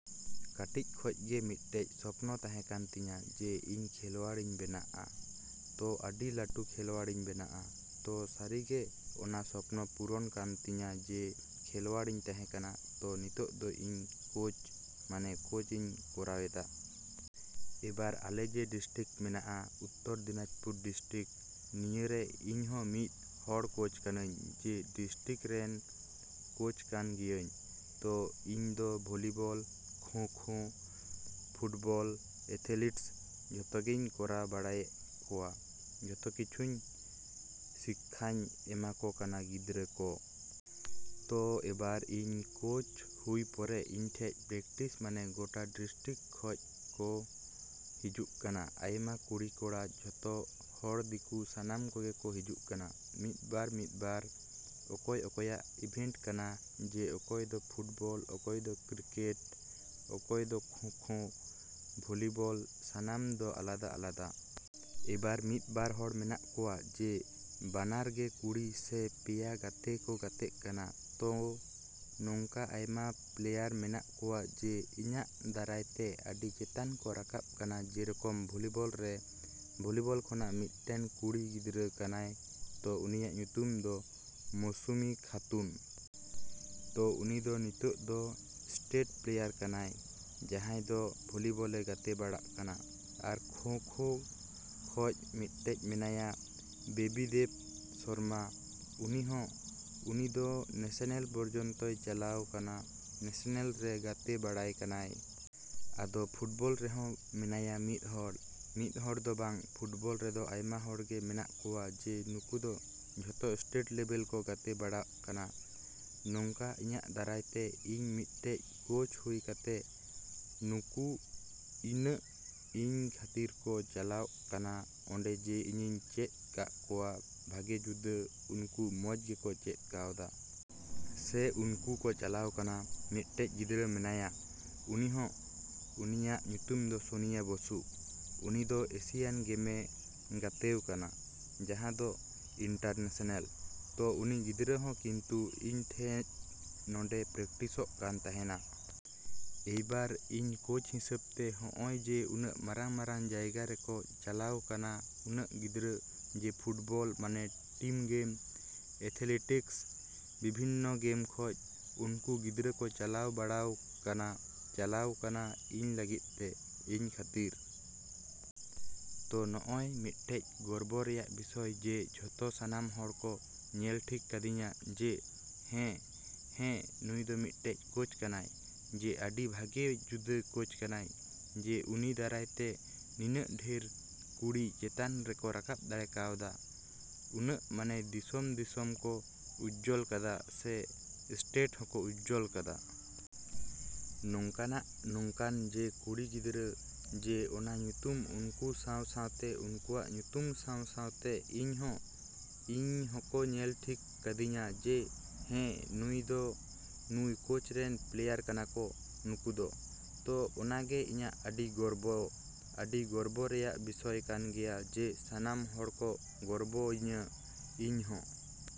ᱠᱟᱹᱴᱤᱡ ᱠᱷᱚᱡ ᱜᱮ ᱢᱤᱫᱴᱮᱡ ᱥᱚᱯᱱᱚ ᱛᱟᱦᱮᱸ ᱠᱟᱱ ᱛᱤᱧᱟ ᱡᱮ ᱤᱧ ᱠᱷᱮᱞᱣᱟᱲ ᱤᱧ ᱵᱮᱱᱟᱜᱼᱟ᱾ ᱛᱚ ᱟᱹᱰᱤ ᱞᱟᱹᱴᱩ ᱠᱷᱮᱞᱣᱟᱲ ᱤᱧ ᱵᱮᱱᱟᱜᱼᱟ᱾ ᱛᱚ ᱥᱟᱹᱨᱤᱜᱮ ᱚᱱᱟ ᱥᱚᱯᱱᱚ ᱯᱩᱨᱚᱱ ᱠᱟᱱ ᱛᱤᱧᱟ ᱡᱮ ᱠᱷᱮᱞᱣᱟᱲ ᱤᱧ ᱛᱟᱦᱮᱸ ᱠᱟᱱᱟ᱾ ᱛᱚ ᱱᱤᱛᱚᱜ ᱫᱚ ᱤᱧ ᱠᱳᱪ ᱢᱟᱱᱮ ᱠᱳᱪ ᱤᱧ ᱠᱚᱨᱟᱣᱮᱫᱟ᱾ ᱮᱵᱟᱨ ᱟᱞᱮ ᱡᱮ ᱰᱤᱥᱴᱤᱠ ᱢᱮᱱᱟᱜᱼᱟ ᱩᱛᱛᱚᱨ ᱫᱤᱱᱟᱡᱽᱯᱩᱨ ᱰᱤᱥᱴᱤᱠ ᱱᱤᱭᱟᱹᱨᱮ ᱤᱧᱦᱚᱸ ᱢᱤᱫ ᱦᱚᱲ ᱠᱳᱪ ᱠᱟᱹᱱᱟᱹᱧ ᱡᱮ ᱰᱤᱥᱴᱤᱠ ᱨᱮᱱ ᱠᱳᱪ ᱠᱟᱱ ᱜᱤᱭᱟᱹᱧ᱾ ᱛᱚ ᱤᱧᱫᱚ volleyball, kho kho, football, athletics ᱡᱚᱛᱚᱜᱮᱧ ᱠᱚᱨᱟᱣ ᱵᱟᱲᱟᱭᱮᱜ ᱠᱚᱣᱟ, ᱡᱚᱛᱚ ᱠᱤᱪᱷᱩᱧ ᱥᱤᱠᱠᱷᱟᱧ ᱮᱢᱟᱣᱠᱚ ᱠᱟᱱᱟ ᱜᱤᱫᱽᱨᱟᱹ ᱠᱚ᱾ ᱛᱚ ᱮᱵᱟᱨ ᱤᱧ ᱠᱳᱪ ᱦᱩᱭ ᱯᱚᱨᱮ ᱤᱧᱴᱷᱮᱡ ᱯᱨᱮᱠᱴᱤᱥ ᱢᱟᱱᱮ ᱜᱳᱴᱟ ᱰᱤᱥᱴᱤᱠ ᱠᱷᱚᱡ ᱠᱚ ᱦᱤᱡᱩᱜ ᱠᱟᱱᱟ ᱟᱭᱢᱟ ᱠᱩᱲᱤ ᱠᱚᱲᱟ ᱡᱚᱛᱚ ᱦᱚᱲ ᱫᱤᱠᱩ ᱥᱟᱱᱟᱢ ᱠᱚᱜᱮ ᱠᱚ ᱦᱤᱡᱩᱜ ᱠᱟᱱᱟ᱾ ᱢᱤᱫᱵᱟᱨ ᱢᱤᱫᱵᱟᱨ ᱚᱠᱚᱭ ᱚᱠᱚᱭᱟᱜ ᱤᱵᱷᱮᱱᱴ ᱠᱟᱱᱟ ᱡᱮ ᱚᱠᱚᱭᱫᱚ ᱯᱷᱩᱴᱵᱚᱞ, ᱚᱠᱚᱭᱫᱚ ᱠᱨᱤᱠᱮᱴ, ᱚᱠᱚᱭ ᱫᱚ ᱠᱷᱳᱸ ᱠᱷᱳᱸ, ᱵᱷᱚᱞᱤᱵᱚᱞ ᱥᱟᱱᱟᱢ ᱫᱚ ᱟᱞᱟᱫᱟ ᱟᱞᱟᱫᱟ᱾ ᱮᱵᱟᱨ ᱢᱤᱫ ᱵᱟᱨ ᱦᱚᱲ ᱢᱮᱱᱟᱜ ᱠᱚᱣᱟ ᱡᱮ ᱵᱟᱱᱟᱨ ᱜᱮ ᱠᱩᱲᱤ ᱥᱮ ᱯᱮᱭᱟ ᱜᱟᱛᱮ ᱠᱚ ᱜᱟᱛᱮᱜ ᱠᱟᱱᱟ᱾ ᱛᱳ ᱱᱚᱝᱠᱟ ᱟᱭᱢᱟ ᱯᱞᱮᱭᱟᱨ ᱢᱮᱱᱟᱜ ᱠᱚᱣᱟ ᱡᱮ ᱤᱧᱟᱹᱜ ᱫᱟᱨᱟᱭ ᱛᱮ ᱟᱹᱰᱤ ᱪᱮᱛᱟᱱ ᱠᱚ ᱨᱟᱠᱟᱵ ᱠᱟᱱᱟ ᱡᱮᱨᱚᱠᱚᱢ ᱵᱷᱚᱞᱤᱵᱚᱞ ᱨᱮ ᱵᱷᱚᱞᱤᱵᱚᱞ ᱠᱷᱚᱱᱟᱜ ᱢᱤᱫᱴᱮᱱ ᱠᱩᱲᱤ ᱜᱤᱫᱽᱨᱟᱹ ᱠᱟᱱᱟᱭ ᱛᱚ ᱩᱱᱤᱭᱟᱜ ᱧᱩᱛᱩᱢ ᱫᱚ ᱢᱳᱥᱩᱢᱤ ᱠᱷᱟᱛᱩᱱ᱾ ᱛᱚ ᱩᱱᱤ ᱫᱚ ᱱᱤᱛᱚᱜ ᱫᱚ ᱮᱥᱴᱮᱴ ᱯᱞᱮᱭᱟᱨ ᱠᱟᱱᱟᱭ ᱡᱟᱦᱟᱸᱭ ᱫᱚ ᱵᱷᱚᱞᱤᱵᱚᱞ ᱮ ᱜᱟᱛᱮᱵᱟᱲᱟᱜ ᱠᱟᱱᱟ᱾ ᱟᱨ ᱠᱷᱳᱸ ᱠᱷᱳᱸ ᱠᱷᱚᱡ ᱢᱤᱫᱴᱮᱡ ᱢᱮᱱᱟᱭᱟ ᱵᱮᱵᱤ ᱫᱮᱵ ᱥᱚᱨᱢᱟ᱾ ᱩᱱᱤ ᱦᱚᱸ ᱩᱱᱤ ᱫᱚ ᱱᱮᱥᱮᱱᱮᱞ ᱯᱨᱚᱡᱚᱱᱛᱚᱭ ᱪᱟᱞᱟᱣ ᱠᱟᱱᱟ, ᱱᱮᱥᱮᱱᱮᱞ ᱨᱮ ᱜᱟᱛᱮ ᱵᱟᱲᱟᱭ ᱠᱟᱱᱟᱭ᱾ ᱟᱫᱚ ᱯᱷᱩᱴᱵᱚᱞ ᱨᱮᱦᱚᱸ ᱢᱮᱱᱟᱭᱟ ᱢᱤᱫ ᱦᱚᱲ, ᱢᱤᱫ ᱦᱚᱲ ᱫᱚᱵᱟᱝ ᱯᱷᱩᱴᱵᱚᱞ ᱨᱮᱫᱚ ᱟᱭᱢᱟ ᱦᱚᱲᱜᱮ ᱢᱮᱱᱟᱜ ᱠᱚᱣᱟ ᱡᱮ ᱱᱩᱠᱩ ᱫᱚ ᱡᱚᱛᱚ ᱥᱴᱮᱴ ᱞᱮᱵᱮᱞ ᱠᱚ ᱜᱟᱛᱮ ᱵᱟᱲᱟᱣ ᱠᱟᱱᱟ᱾ ᱱᱚᱝᱠᱟ ᱤᱧᱟᱹᱜ ᱫᱟᱨᱟᱭ ᱛᱮ ᱤᱧ ᱢᱤᱫᱴᱮᱡ ᱠᱳᱪ ᱦᱩᱭ ᱠᱟᱛᱮ ᱱᱩᱠᱩ ᱤᱱᱟᱹᱜ ᱤᱧ ᱠᱷᱟᱹᱛᱤᱨ ᱠᱚ ᱪᱟᱞᱟᱣ ᱠᱟᱱᱟ ᱚᱸᱰᱮ ᱡᱮ ᱤᱧᱤᱧ ᱪᱮᱫ ᱠᱟᱜ ᱠᱚᱣᱟ ᱵᱷᱟᱜᱮ ᱡᱩᱫᱟᱹ ᱩᱱᱠᱩ ᱢᱚᱡᱽ ᱜᱮᱠᱚ ᱪᱮᱫ ᱠᱟᱣᱫᱟ᱾ ᱥᱮ ᱩᱱᱠᱩ ᱠᱚ ᱪᱟᱞᱟᱣ ᱠᱟᱱᱟ ᱾ ᱢᱤᱫᱴᱮᱡ ᱜᱤᱫᱽᱨᱟᱹ ᱢᱮᱱᱟᱭᱟ ᱩᱱᱤ ᱦᱚᱸ ᱩᱱᱤᱭᱟᱜ ᱧᱩᱛᱩᱢ ᱫᱚ ᱥᱳᱱᱤᱭᱟ ᱵᱚᱥᱩ᱾ ᱩᱱᱤᱫᱚ ᱮᱥᱤᱭᱟᱱ ᱜᱮᱢᱮ ᱜᱟᱛᱮᱣ ᱠᱟᱱᱟ ᱡᱟᱦᱟᱸ ᱫᱚ ᱤᱱᱴᱟᱨᱱᱮᱥᱮᱱᱮᱞ᱾ ᱛᱚ ᱩᱱᱤ ᱜᱤᱫᱽᱨᱟᱹ ᱦᱚᱸ ᱠᱤᱱᱛᱩ ᱤᱧ ᱴᱷᱮᱡ ᱱᱚᱰᱮ ᱯᱨᱮᱠᱤᱥᱚᱜ ᱠᱟᱱ ᱛᱟᱦᱮᱱᱟ᱾ ᱮᱭᱵᱟᱨ ᱤᱧ ᱠᱳᱪ ᱦᱤᱥᱟᱹᱵ ᱛᱮ ᱦᱚᱜᱼᱚᱸᱭ ᱡᱮ ᱩᱱᱟᱹᱜ ᱢᱟᱨᱟᱝ ᱢᱟᱨᱟᱝ ᱡᱟᱭᱜᱟ ᱨᱮᱠᱚ ᱪᱟᱞᱟᱣ ᱠᱟᱱᱟ ᱩᱱᱟᱹᱜ ᱜᱤᱫᱽᱨᱟᱹ ᱡᱮ ᱯᱷᱩᱴᱵᱚᱞ ᱢᱟᱱᱮ ᱴᱤᱢ ᱜᱮᱢ, ᱮᱛᱷᱞᱮᱴᱤᱠᱤᱥ ᱵᱤᱵᱷᱤᱱᱱᱚ ᱜᱮᱢ ᱠᱷᱚᱡ ᱩᱱᱠᱚ ᱜᱤᱫᱽᱨᱟᱹ ᱠᱚ ᱪᱟᱞᱟᱣ ᱵᱟᱲᱟᱣ ᱠᱟᱱᱟ, ᱪᱟᱞᱟᱣ ᱠᱟᱱᱟ ᱤᱧ ᱞᱟᱹᱜᱤᱫ ᱛᱮ, ᱤᱧ ᱠᱷᱟᱹᱛᱤᱨ᱾ ᱛᱚ ᱱᱚᱜᱼᱚᱸᱭ ᱢᱤᱫᱴᱮᱡ ᱜᱚᱨᱵᱚ ᱨᱮᱭᱟᱜ ᱵᱤᱥᱚᱭ ᱡᱮ ᱡᱚᱛᱚ ᱥᱟᱱᱟᱢ ᱦᱚᱲ ᱠᱚ ᱧᱮᱞ ᱴᱷᱤᱠ ᱠᱟᱫᱤᱧᱟ ᱡᱮ ᱦᱮᱸ ᱦᱮᱸ ᱱᱩᱭᱫᱚ ᱢᱤᱫᱴᱮᱡ ᱠᱳᱪ ᱠᱟᱱᱟᱭ ᱡᱮ ᱟᱹᱰᱤ ᱵᱷᱟᱜᱮ ᱡᱩᱫᱟᱹ ᱠᱳᱪ ᱠᱟᱱᱟᱭ ᱡᱮ ᱩᱱᱤ ᱫᱟᱨᱟᱭ ᱛᱮ ᱱᱤᱱᱟᱹᱜ ᱰᱷᱮᱨ ᱠᱩᱲᱤ ᱪᱮᱛᱟᱱ ᱨᱮᱠᱚ ᱨᱟᱠᱟᱵ ᱫᱟᱲᱮ ᱠᱟᱣᱫᱟ, ᱩᱱᱟᱹᱜ ᱢᱟᱱᱮ ᱫᱤᱥᱚᱢ ᱫᱤᱥᱚᱢ ᱠᱚ ᱩᱡᱡᱚᱞ ᱠᱟᱫᱟ ᱥᱮ ᱥᱴᱮᱴ ᱦᱚᱸᱠᱚ ᱩᱡᱡᱚᱞ ᱠᱟᱫᱟ᱾ ᱱᱚᱝᱠᱟᱱᱟᱜ ᱱᱚᱝᱠᱟᱱ ᱡᱮ ᱠᱩᱲᱤ ᱜᱤᱫᱽᱨᱟᱹ ᱡᱮ ᱚᱱᱟ ᱧᱩᱛᱩᱢ ᱩᱱᱠᱩ ᱥᱟᱶ ᱥᱟᱶᱛᱮ ᱩᱱᱠᱩᱣᱟᱜ ᱧᱩᱛᱩᱢ ᱥᱟᱶ ᱥᱟᱶᱛᱮ ᱤᱧᱦᱚᱸ ᱤᱧ ᱦᱚᱸᱠᱚ ᱧᱮᱞ ᱴᱷᱤᱠ ᱠᱟᱫᱤᱧᱟ ᱡᱮ ᱦᱮᱸ ᱱᱩᱭᱫᱚ ᱱᱩᱭ ᱠᱳᱪ ᱨᱮᱱ ᱯᱞᱮᱭᱟᱨ ᱠᱟᱱᱟᱠᱚ ᱱᱩᱠᱩ ᱫᱚ᱾ ᱛᱚ ᱚᱱᱟᱜᱮ ᱤᱧᱟᱹᱜ ᱟᱹᱰᱤ ᱜᱚᱨᱵᱚ, ᱟᱹᱰᱤ ᱜᱚᱨᱵᱚ ᱨᱮᱭᱟᱜ ᱵᱤᱥᱚᱭ ᱠᱟᱱ ᱜᱮᱭᱟ ᱡᱮ ᱥᱟᱱᱟᱢ ᱦᱚᱲ ᱠᱚ ᱜᱚᱨᱵᱚ ᱤᱧᱟᱹ ᱤᱧᱦᱚᱸ।